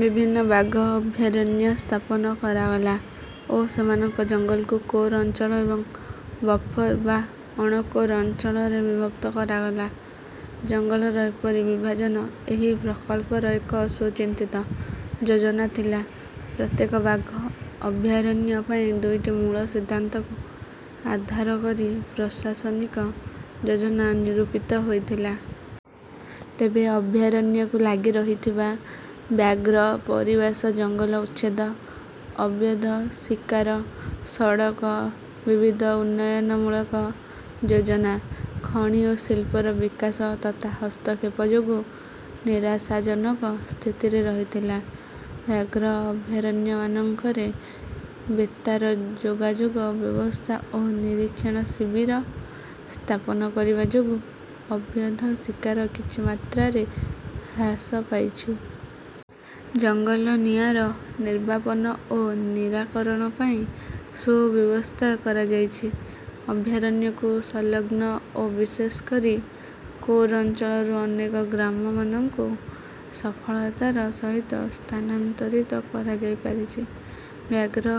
ବିଭିନ୍ନ ବାଘ ଅଭୟାରଣ୍ୟ ସ୍ଥାପନ କରାଗଲା ଓ ସେମାନଙ୍କ ଜଙ୍ଗଲକୁ କୋର୍ ଅଞ୍ଛଳ ଏବଂ ବଫର୍ ବା ଅଣକୋର୍ ଅଞ୍ଚଳରେ ବିଭକ୍ତ କରାଗଲା। ଜଙ୍ଗଲର ଏପରି ବିଭାଜନ ଏହି ପ୍ରକଳ୍ପର ଏକ ସୁଚିନ୍ତିତ ଯୋଜନା ଥିଲା। ପ୍ରତ୍ୟେକ ବାଘ ଅଭୟାରଣ୍ୟ ପାଇଁ ଦୁଇଟି ମୂଳ ସିଦ୍ଧାନ୍ତକୁ ଆଧାର କରି ପ୍ରଶାସନିକ ଯୋଜନା ନିରୂପିତ ହୋଇଥିଲା। ତେବେ ଅଭୟାରଣ୍ୟକୁ ଲାଗି ରହିଥିବା ବ୍ୟାଘ୍ର ପରିବାସ ଜଙ୍ଗଲ ଉଚ୍ଛେଦ, ଅବୈଧ ଶିକାର, ସଡ଼କ, ବିବିଧ ଉନ୍ନୟନମୂଳକ ଯୋଜନା, ଖଣି ଓ ଶିଳ୍ପର ବିକାଶ ତଥା ହସ୍ତକ୍ଷେପ ଯୋଗୁଁ ନିରାଶାଜନକ ସ୍ଥିତିରେ ରହିଥିଲା। ବ୍ୟାଘ୍ର ଅଭୟାରଣ୍ୟମାନଙ୍କରେ ବେତାର ଯୋଗାଯୋଗ ବ୍ୟବସ୍ଥା ଓ ନିରୀକ୍ଷଣ ଶିବିର ସ୍ଥାପନ କରିବା ଯୋଗୁଁ ଅବୈଧ ଶିକାର କିଛି ମାତ୍ରାରେ ହ୍ରାସ ପାଇଛି। ଜଙ୍ଗଲ ନିଆଁର ନିର୍ବାପନ ଓ ନିରାକରଣ ପାଇଁ ସୁବ୍ୟବସ୍ଥା କରାଯାଇଛି। ଅଭୟାରଣ୍ୟକୁ ସଂଲଗ୍ନ ଓ ବିଶେଷ କରି କୋର୍ ଅଞ୍ଚଳରୁ ଅନେକ ଗ୍ରାମମାନଙ୍କୁ ସଫଳତାର ସହିତ ସ୍ଥାନାନ୍ତରିତ କରାଯାଇପାରିଛି। ବ୍ୟାଘ୍ର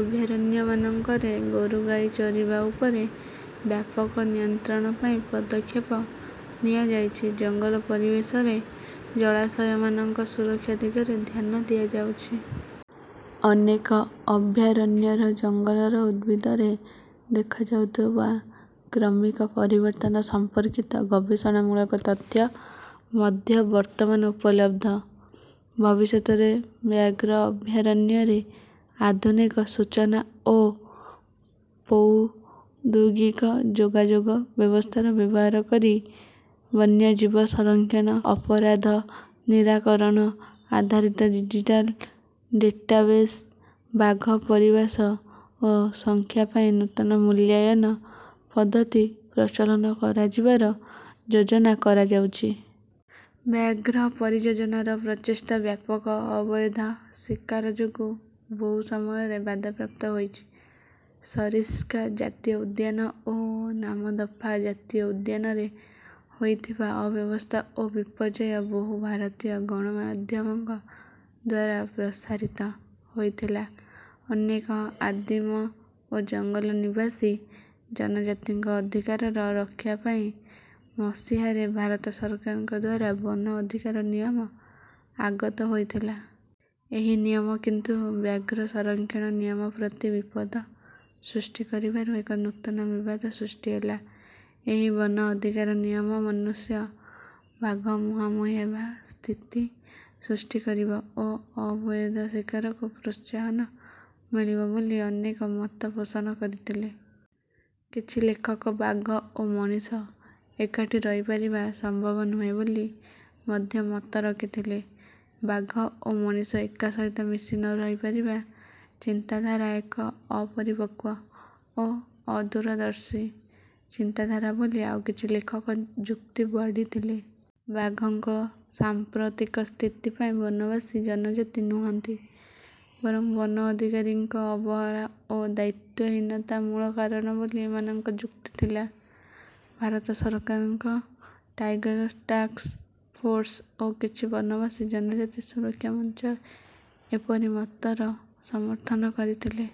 ଅଭୟାରଣ୍ୟମାନଙ୍କରେ ଗୋରୁଗାଈ ଚରିବା ଉପରେ ବ୍ୟାପକ ନିୟନ୍ତ୍ରଣ ପାଇଁ ପଦକ୍ଷେପ ନିଆଯାଇଛି। ଜଙ୍ଗଲ ପରିବେଶରେ ଜଳାଶୟମାନଙ୍କ ସୁରକ୍ଷା ଦିଗରେ ଧ୍ୟାନ ଦିଆଯାଉଛି। ଅନେକ ଅଭୟାରଣ୍ୟର ଜଙ୍ଗଲର ଉଦ୍ଭିଦରେ ଦେଖାଯାଉଥିବା କ୍ରମିକ ପରିବର୍ତ୍ତନ ସମ୍ପର୍କିତ ଗବେଷଣାମୂଳକ ତଥ୍ୟ ମଧ୍ୟ ବର୍ତ୍ତମାନ ଉପଲବ୍ଧ। ଭବିଷ୍ୟତରେ ବ୍ୟାଘ୍ର ଅଭୟାରଣ୍ୟରେ ଆଧୁନିକ ସୂଚନା ଓ ପ୍ରୌଦ୍ୟୋଗିକ ଯୋଗାଯୋଗ ବ୍ୟବସ୍ଥାର ବ୍ୟବହାର କରି ବନ୍ୟଜୀବ ସଂରକ୍ଷଣ, ଅପରାଧ ନିରାକରଣ, ଆଧାରିତ ଡିଜିଟାଲ୍ ଡେଟାବେସ୍, ବାଘ ପରିବାସ ଓ ସଂଖ୍ୟା ପାଇଁ ନୂତନ ମୂଲ୍ୟାୟନ ପଦ୍ଧତି ପ୍ରଚଳନ କରାଯିବାର ଯୋଜନା କରାଯାଉଛି। ବ୍ୟାଘ୍ର ପରିଯୋଜନାର ପ୍ରଚେଷ୍ଟା ବ୍ୟାପକ ଅବୈଧ ଶିକାର ଯୋଗୁଁ ବହୁ ସମୟରେ ବାଧାପ୍ରାପ୍ତ ହୋଇଛି। ସରିସ୍କା ଜାତୀୟ ଉଦ୍ୟାନ ଓ ନାମଦଫା ଜାତୀୟ ଉଦ୍ୟାନରେ ହୋଇଥିବା ଅବ୍ୟବସ୍ଥା ଓ ବିପର୍ଯ୍ୟୟ ବହୁ ଭାରତୀୟ ଗଣମାଧ୍ୟମଙ୍କ ଦ୍ୱାରା ପ୍ରସାରିତ ହୋଇଥିଲା। ଅନେକ ଆଦିମ ଓ ଜଙ୍ଗଲ ନିବାସୀ ଜନଜାତିଙ୍କ ଅଧିକାରର ରକ୍ଷା ପାଇଁ ମସିହାରେ ଭାରତ ସରକାରଙ୍କ ଦ୍ୱାରା ବନ ଅଧିକାର ନିୟମ ଆଗତ ହୋଇଥିଲା। ଏହି ନିୟମ କିନ୍ତୁ ବ୍ୟାଘ୍ର ସଂରକ୍ଷଣ ନିୟମ ପ୍ରତି ବିପଦ ସୃଷ୍ଟି କରିବାରୁ ଏକ ନୂତନ ବିବାଦ ସୃଷ୍ଟି ହେଲା। ଏହି ବନ ଅଧିକାର ନିୟମ ମନୁଷ୍ୟ-ବାଘ ମୁହାଁମୁହିଁ ହେବା ସ୍ଥିତି ସୃଷ୍ଟି କରିବ ଓ ଅବୈଧ ଶିକାରକୁ ପ୍ରୋତ୍ସାହନ ମିଳିବ ବୋଲି ଅନେକ ମତ ପୋଷଣ କରିଥିଲେ। କିଛି ଲେଖକ ବାଘ ଓ ମଣିଷ ଏକାଠି ରହିପାରିବା ସମ୍ଭବ ନୁହେଁ ବୋଲି ମଧ୍ୟ ମତ ରଖିଥିଲେ। ବାଘ ଓ ମଣିଷ ଏକା ସହିତ ମିଶି ନ ରହିପାରିବା ଚିନ୍ତାଧାରା ଏକ ଅପରିପକ୍ୱ ଓ ଅଦୂରଦର୍ଶୀ ଚିନ୍ତାଧାରା ବୋଲି ଆଉ କିଛି ଲେଖକ ଯୁକ୍ତି ବାଢ଼ିଥିଲେ। ବାଘଙ୍କ ସାମ୍ପ୍ରତିକ ସ୍ଥିତି ପାଇଁ ବନବାସୀ ଜନଜାତି ନୁହନ୍ତି, ବରଂ ବନ ଅଧିକାରୀଙ୍କ ଅବହେଳା ଓ ଦାୟିତ୍ୱହୀନତା ମୂଳ କାରଣ ବୋଲି ଏମାନଙ୍କ ଯୁକ୍ତି ଥିଲା। ଭାରତ ସରକାରଙ୍କ "ଟାଇଗର୍ ଟାସ୍କ ଫୋର୍ସ୍" ଓ କିଛି ବନବାସୀ ଜନଜାତି ସୁରକ୍ଷା ମଞ୍ଚ ଏପରି ମତର ସମର୍ଥନ କରିଥିଲେ।